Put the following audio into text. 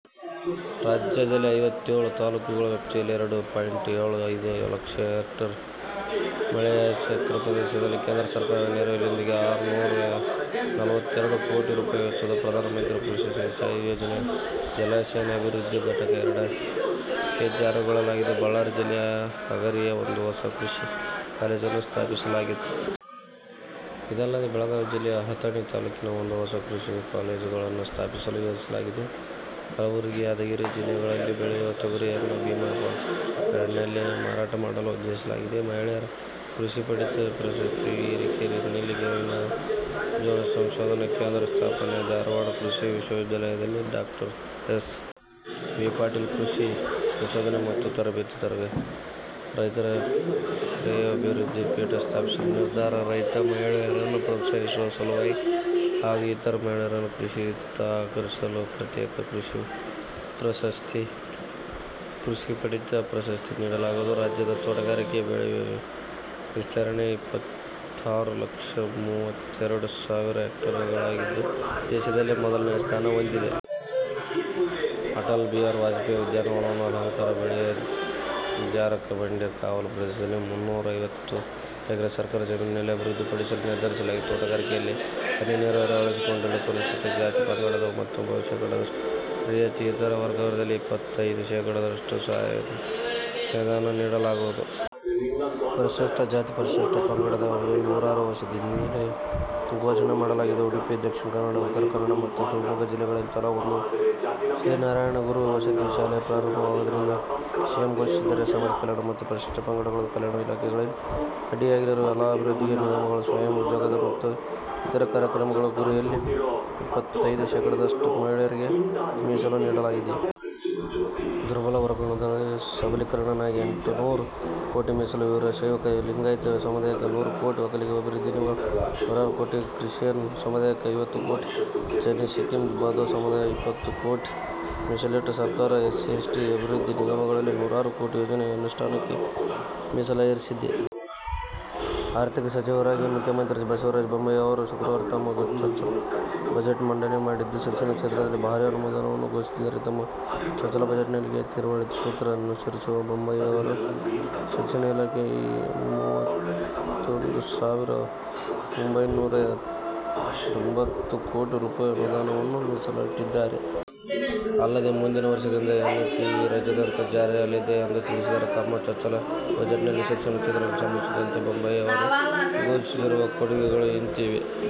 ರಾಜ್ಯದ ಐವತ್ತೇಳು ತಾಲೂಕುಗಳ ವ್ಯಾಪ್ತಿಯ ಎರಡು ಪಾಯಿಂಟ್ ಏಳು ಐದು ಲಕ್ಷ ಹೆಕ್ಟೇರ್ ಮಳೆಯಾಶ್ರಿತ ಪ್ರದೇಶದಲ್ಲಿ ಕೇಂದ್ರ ಸರ್ಕಾರದ ನೆರವಿನೊಂದಿಗೆ ಆರುನೂರಾ ನಲವತ್ತೆರಡು ಕೋಟಿ ರುಪಾಯಿ ವೆಚ್ಚದಲ್ಲಿ ಪ್ರಧಾನ ಮಂತ್ರಿ ಕೃಷಿ ಸಿಂಚಾಯಿ ಯೋಜನೆಯ ಜಲಾನಯನ ಅಭಿವೃದ್ಧಿ ಘಟಕ ಎರಡಕ್ಕೆ ಜಾರಿಗೊಳಿಸಲಾಗುವುದು. ಬಳ್ಳಾರಿ ಜಿಲ್ಲೆಯ ಹಗರಿಯಲ್ಲಿ ಒಂದು ಹೊಸ ಕೃಷಿ ಕಾಲೇಜನ್ನು ಸ್ಥಾಪಿಸಲಾಗುವುದು. ಇದಲ್ಲದೆ ಬೆಳಗಾವಿ ಜಿಲ್ಲೆಯ ಅಥಣಿ ತಾಲೂಕಿನಲ್ಲಿ ಒಂದು ಹೊಸ ಕೃಷಿ ಕಾಲೇಜನ್ನು ಸ್ಥಾಪಿಸಲು ಯೋಜಿಸಲಾಗಿದೆ. ಕಲಬುರಗಿ, ಯಾದಗಿರಿ ಜಿಲ್ಲೆಗಳಲ್ಲಿ ಬೆಳೆಯುವ ತೊಗರಿಯನ್ನು ಭೀಮಾ ಪಲ್ಸ್ ಬ್ರ್ಯಾಂಡ್ ನಡಿ ಮಾರಾಟ ಮಾಡಲು ಉದ್ದೇಶಿಸಲಾಗಿದೆ. ಮಹಿಳೆಯರಿಗೆ 'ಕೃಷಿ ಪಂಡಿತ' ಪ್ರಶಸ್ತಿ ಹಿರೇಕೆರೂರಿನಲ್ಲಿ ಗೋವಿನಜೋಳ ಸಂಶೋಧನಾ ಕೇಂದ್ರ ಸ್ಥಾಪನೆ, ಧಾರವಾಡದ ಕೃಷಿ ವಿಶ್ವವಿದ್ಯಾಲಯದಲ್ಲಿ ಡಾಕ್ಟರ್ ಎಸ್. ವಿ. ಪಾಟೀಲ್ ಕೃಷಿ ಸಂಶೋಧನೆ ಮತ್ತು ತರಬೇತಿ, ರೈತರ ಶ್ರೆಯೋಭಿವೃದ್ಧಿ ಪೀಠ ಸ್ಥಾಪಿಸಲು ನಿರ್ಧಾರ, ರೈತ ಮಹಿಳೆಯರನ್ನು ಪ್ರೋತ್ಸಾಹಿಸುವ ಸಲುವಾಗಿ ಹಾಗೂ ಇತರ ಮಹಿಳೆಯರನ್ನು ಕೃಷಿಯತ್ತ ಆಕರ್ಷಿಸಲು ಪ್ರತ್ಯೇಕ ಕೃಷಿ ಪ್ರಶಸ್ತಿ, ಕೃಷಿ ಪಂಡಿತ ಪ್ರಶಸ್ತಿ ನೀಡಲಾಗುವುದು. ರಾಜ್ಯದ ತೋಟಗಾರಿಕೆ ಬೆಳೆ ವಿಸ್ತರಣೆ ಇಪ್ಪತ್ತಾರು ಲಕ್ಷ ಮೂವತ್ತೆರಡು ಸಾವಿರ ಹೆಕ್ಟೇರ್ ಗಳಾಗಿದ್ದು, ದೇಶದಲ್ಲೇ ಮೊದಲನೇ ಸ್ಥಾನ ಹೊಂದಿದೆ. ಅಟಲ್ ಬಿಹಾರಿ ವಾಜಪೇಯಿ ಉದ್ಯಾನವನವನ್ನು ಯಲಹಂಕ ಬಳಿಯ ಜಾರಕಬಂಡೆ ಕಾವಲು ಪ್ರದೇಶದಲ್ಲಿ ಮುನ್ನೂರಾ ಐವತ್ತು ಎಕರೆ ಸರ್ಕಾರಿ ಜಮೀನಿನಲ್ಲಿ ಅಭಿವೃದ್ಧಿ ಪಡಿಸಲು ನಿರ್ಧರಿಸಲಾಗಿದೆ. ತೋಟಗಾರಿಕೆಯಲ್ಲಿ ಹನಿ ನೀರಾವರಿ ಅಳವಡಿಸಿಕೊಳ್ಳಲು ಪರಿಶಿಷ್ಟ ಜಾತಿ, ಪಂಗಡವರಿಗೆ ತೊಂಬತ್ತು ಶೇಕಡಾದಷ್ಟು ರಿಯಾಯಿತಿ, ಇತರ ವರ್ಗದವರಿಗೆ ಎಪ್ಪತೈದು ಶೇಕಡಾದಷ್ಟು ಸಹಾಯಧನ ನೀಡಲಾಗುವುದು. ಪರಿಶಿಷ್ಟ ಜಾತಿ, ಪರಿಶಿಷ್ಟ ಪಂಗಡಗಳಿಗೆ ನೂರು ವಸತಿ ನಿಲಯ ಘೋಷಣೆ ಮಾಡಲಾಗಿದೆ. ಉಡುಪಿ, ದಕ್ಷಿಣ ಕನ್ನಡ, ಉತ್ತರ ಕನ್ನಡ ಮತ್ತು ಶಿವಮೊಗ್ಗ ಜಿಲ್ಲೆಗಳಲ್ಲಿ ತಲಾ ಒಂದು ಶ್ರೀ ನಾರಾಯಣ ಗುರು ವಸತಿ ಶಾಲೆ ಪ್ರಾರಂಭಿಸುವುದಾಗಿ ಸಿಎಂ ಘೋಷಿಸಿದ್ದಾರೆ. ಸಮಾಜ ಕಲ್ಯಾಣ ಮತ್ತು ಪರಿಶಿಷ್ಟ ಪಂಗಡಗಳ ಕಲ್ಯಾಣ ಇಲಾಖೆಗಳ ಅಡಿಯಲ್ಲಿರುವ ಎಲ್ಲಾ ಅಭಿವೃದ್ಧಿ ನಿಗಮಗಳ ಸ್ವಯಂ ಉದ್ಯೋಗ ಮತ್ತು ಇತರೆ ಕಾರ್ಯಕ್ರಮಗಳ ಗುರಿಯಲ್ಲಿ ಇಪ್ಪತೈದು ಶೇಕಡಾದಷ್ಟು ಮಹಿಳೆಯರಿಗೆ ಮೀಸಲು ಇಡಲಾಗಿದೆ. ದುರ್ಬಲ ವರ್ಗಗಳ ಸಬಲೀಕರಣಕ್ಕಾಗಿ ಎಂಟುನೂರು ಕೋಟಿ ಮೀಸಲು, ವೀರಶೈವ ಲಿಂಗಾಯತ ಸಮುದಾಯಕ್ಕೆ ನೂರು ಕೋಟಿ, ಒಕ್ಕಲಿಗ ಅಭಿವೃದ್ಧಿ ನಿಗಮ ನೂರು ಕೋಟಿ, ಕ್ರಿಶ್ಚಿಯನ್ ಸಮುದಾಯಕ್ಕೆ ಐವತ್ತು ಕೋಟಿ, ಜೈನ, ಸಿಖ್, ಬೌದ್ದ ಸಮುದಾಯ ಐವತ್ತು ಕೋಟಿ ಮೀಸಲಿಟ್ಟ ಸರ್ಕಾರ. ಎಸ್ಸಿ ಎಸ್ಟಿ ಅಭಿವೃದ್ಧಿ ನಿಗಮಗಳಲ್ಲಿ ಐನೂರು ಕೋಟಿ ಯೋಜನೆ ಅನುಷ್ಠಾನಕ್ಕೆ ಮೀಸಲಿರಿಸಿದೆ. ಆರ್ಥಿಕ ಸಚಿವರಾಗಿ ಮುಖ್ಯಮಂತ್ರಿ ಬಸವರಾಜ ಬೊಮ್ಮಾಯಿಯವರು ಶುಕ್ರವಾರ ತಮ್ಮ ಚೊಚ್ಚಲ ಬಜೆಟ್ ಮಂಡನೆ ಮಾಡಿದ್ದು, ಶಿಕ್ಷಣ ಕ್ಷೇತ್ರಕ್ಕೆ ಭಾರೀ ಅನುದಾನವನ್ನು ಘೋಷಿಸಿದ್ದಾರೆ. ತಮ್ಮ ಚೊಚ್ಚಲ ಬಜೆಟ್ ಗೆ ತ್ರಿವಳಿ ಸೂತ್ರ ಅನುಸರಿಸಿರುವ ಬೊಮ್ಮಾಯಿಯವರು, ಶಿಕ್ಷಣ ಇಲಾಖೆಗೆ ಮೂವತ್ತೊಂದು ಸಾವಿರದ ಒಂಬೈನೂರಾ ಎಂಬತ್ತು ಕೋಟಿ ರುಪಾಯಿ ಅನುದಾನವನ್ನು ಮೀಸಲಿಟ್ಟಿದ್ದಾರೆ. ಅಲ್ಲದೇ ಮುಂದಿನ ವರ್ಷದಿಂದ ಎನ್ ಇಪಿ ರಾಜ್ಯಾದ್ಯಂತ ಜಾರಿಯಾಗಲಿದೆ ಎಂದು ತಿಳಿಸಿದರು. ತಮ್ಮ ಚೊಚ್ಚಲ ಬಜೆಟ್ನಲ್ಲಿ ಶಿಕ್ಷಣ ಕ್ಷೇತ್ರಕ್ಕೆ ಸಂಬಂಧಿಸಿದಂತೆ ಬೊಮ್ಮಾಯಿಯವರು ಘೋಷಿಸಿರುವ ಕೊಡುಗೆಗಳು ಇಂತಿವೆ.